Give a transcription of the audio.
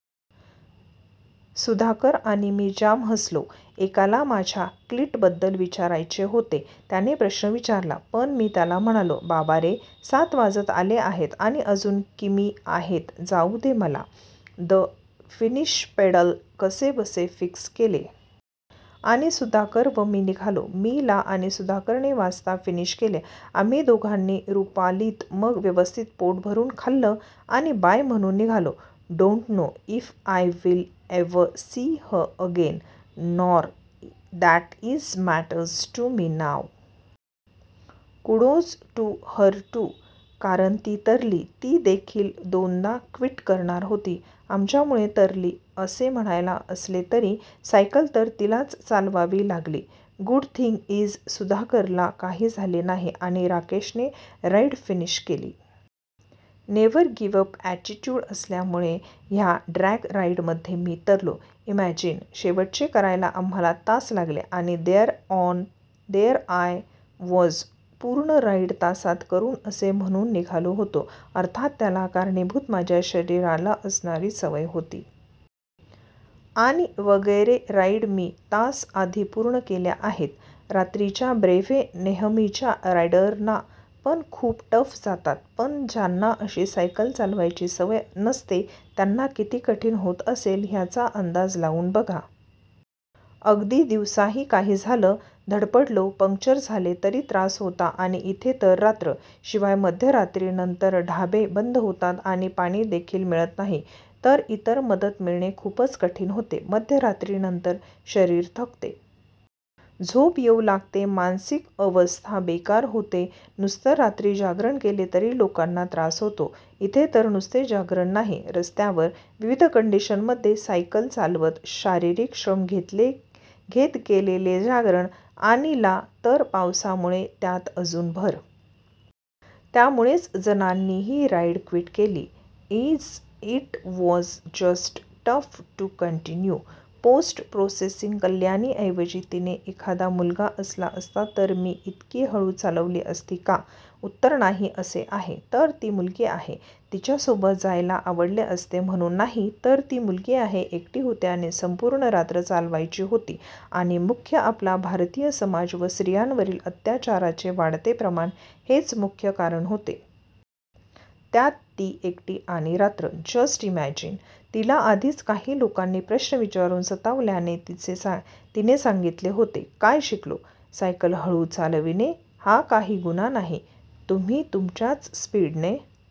सुधाकर आणि मी जाम हसलो. एकाला माझ्या क्लिट बद्दल विचारायचे होते. त्याने प्रश्न विचारला, पण मी त्याला म्हणालो, बाबारे सात वाजत आले आहेत आणि अजून किमी आहेत जाउ दे मला. द फिनिशपेडल कसेबसे फिक्स केले. आणि सुधाकर व मी निघालो. मी ला आणि सुधाकरने वाजता फिनिश केले! आम्ही चौघांनी रुपालीत मग व्यवस्थित पोटभरून खाल्ल आणि बाय म्हणून निघालो. Don't know, if I will ever see her again. Nor that it matters to me now. Kudos to her too! कारण ती तरली, ती देखील दोनदा क्विट करणार होती. आमच्यामुळे तरली असे म्हणायला असले तरी, सायकल तर तिलाच चालवावी लागली! गुड थिंग इज सुधाकरला काही झाले नाही आणि राकेशने राईड फिनिश केली. नेव्हर गिव्ह अप अॅटिट्युड असल्यामुळे ह्या ड्रॅग राईड मध्ये मी तरलो. इमॅजिन, शेवटचे करायला आम्हाला तास लागले, आणि देअर आय वॉज, पूर्ण राईड तासात करू असे म्हणून निघालो होतो. अर्थात त्याला कारणीभूत माझ्या शरीराला असणारी सवय होती. आणि, वगैरे राईड मी, तास आधी पूर्ण केल्या आहेत. रात्रीच्या ब्रेव्हे नेहमीच्या रायडर्सना पण खूप टफ जातात. तर ज्यांना अशी सायकल चालवायची सवय नसते त्यांना किती कठीण होत असेल ह्याचा अंदाज लावून बघा. अगदी दिवसाही काही झालं, धडपडलो, पंक्चर झाले तरी त्रास होता आणि इथे तर रात्र! शिवाय मध्यरात्री नंतर ढाबे बंद होतात आणि पाणी देखील मिळत नाही, तर इतर मदत मिळणे खूपच कठीण होते. मध्यरात्री नंतर शरीर थकते. झोप येऊ लागते. मानसिक अवस्था बेकार होते. नुसतं रात्री जागरण केले तरी लोकांना त्रास होतो, इथे तर नुसते जागरण नाही, रस्त्यावर, विविध कंडीशन मध्ये सायकल चालवत, शारीरिक श्रम घेत केलेले जागरण. आणि ला तर पावसामुळे त्यात अजून भर! त्यामुळेच जणांनी ही राईड क्विट केली. It was just tough to continue! Post प्रोसेसिंगकल्याणी ऐवजी तिथे एखादा मुलगा असला असता तर मी इतकी हळू चालवली असती का? उत्तर नाही असे आहे. तर ती मुलगी आहे, तिच्या सोबत जायला आवडले असते म्हणून नाही, तर ती मुलगी आहे, एकटी होती आणि संपूर्ण रात्र चालवायची होती आणि मुख्य आपला भारतीय समाज व स्त्रीयांवरील अत्याचाराचे वाढते प्रमाण हेच मुख्य कारण होते. त्यात ती एकटी आणि रात्र. Just imagine. तिला आधीच काही लोकांनी प्रश्न विचारून सतावल्याचे तिने सांगीतले होते. काय शिकलो? सायकल हळू चालविणे हा काही गुन्हा नाही, तुम्ही तुमच्याच स्पीडने